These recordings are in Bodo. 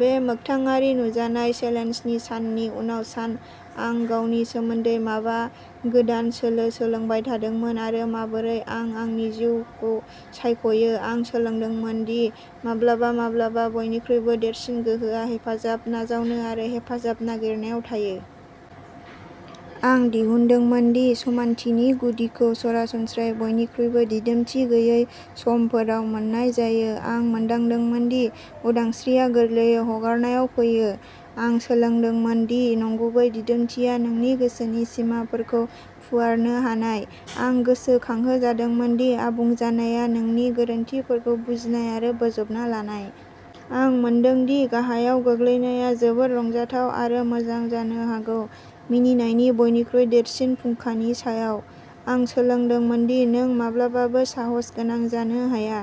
बे मोखथाङारि नुजानाय चेलेन्जनि साननि उनाव सान, आं गावनि सोमोन्दै माबा गोदान सोलो सोलोंबाय थादोंमोन आरो माबोरै आं आंनि जिउखौ सायख'यो। आं सोलोंदोंमोन दि माब्लाबा-माब्लाबा बयनिख्रुइबो देरसिन गोहोआ हेफाजाब नाजावनो आरो हेफाजाब नागिरनायाव थायो। आं दिहुनदोंमोन दि समानथिनि गुदिखौ सरासनस्रायै बयनिख्रुइबो दिदोमथि गैयै समफोराव मोन्नाय जायो। आं मोनदांदोंमोन दि उदांस्रिआ गोरलैयै हगारनायाव फैयो। आं सोलोंदोंमोन दि नंगुबै दिदोमथिया नोंनि गोसोनि सिमाफोरखौ फुवारनो हानाय। आं गोसोखांहोजादोंमोन दि आबुं जानाया नोंनि गोरोनथिफोरखौ बुजिनाय आरो बोजबना लानाय। आं मोनदों दि गाहायाव गोग्लैनाया जोबोद रंजाथाव आरो मोजां जानो हागौ। मिनिनायनि बयनिख्रुइ देरसिन फुंखानि सायाव। आं सोलोंदोंमोन दि नों माब्लाबाबो साहसगोनां जानो हाया,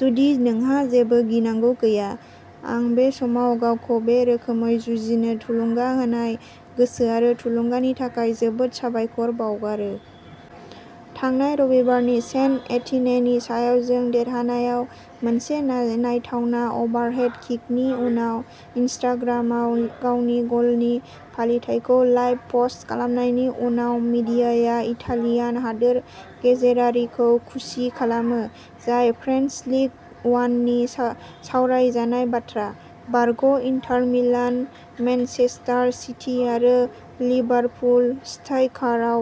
जुदि नोंहा जेबो गिनांगौ गैया। आं बे समाव गावखौ बे रोखोमै जुजिनो थुलुंगा होनाय गोसो आरो थुलुंगानि थाखाय जोबोद साबायखर बावगारो। थांनाय रबिबारनि सेन्ट एटिनेनि सायाव जों देरहानायाव मोनसे नायथावना अभारहेड किकनि उनाव इनस्टाग्रामआव गावनि गलनि फालिथाइखौ लाइभ पस्ट खालामनायनि उनाव मीडियाया इटालियान हादोर गेजेरारिखौ खुसि खालामो, जाय फ्रेन्स लिग वाननि सावरायजानाय बाथ्रा। बारग'इन्टार मिलान, मेनचेस्टार सिटी आरो लिभारपुल स्ट्राइकारआ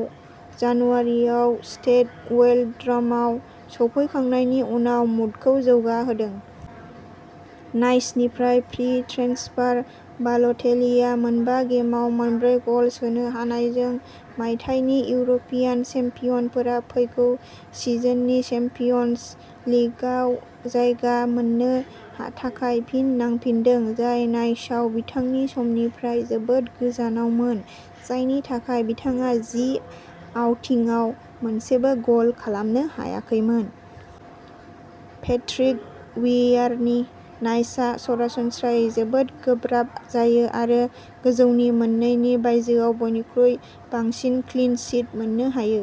जानुवारिआव स्टेड वेल'ड्र'मआव सौफैखांनायनि उनाव मुडखौ जौगाहोदों। नाइसनिफ्राय फ्रि ट्रेन्सफार। बाल'टेलिआ मोनबा गेमआव मोनब्रै गल सोनो हानायजों मायथाइनि इउर'पियान चेम्पियनफोरा फैगौ सिजननि चेम्पियन्स लिगआव जायगा मोननो थाखाय फिन नांफिनदों; जाय नाइसआव बिथांनि समनिफ्राय जोबोद गोजानावमोन, जायनि थाखाय बिथाङा जि आउटिंगआव मोनसेबो गल खालामनो हायाखैमोन। पैट्रिक वियेरानि नाइसआ सरासनस्रायै जोबोद गोब्राब जायो आरो गोजौनि मोननैनि बायजोआव बयनिख्रुइ बांसिन क्लीन शीट मोननो हायो।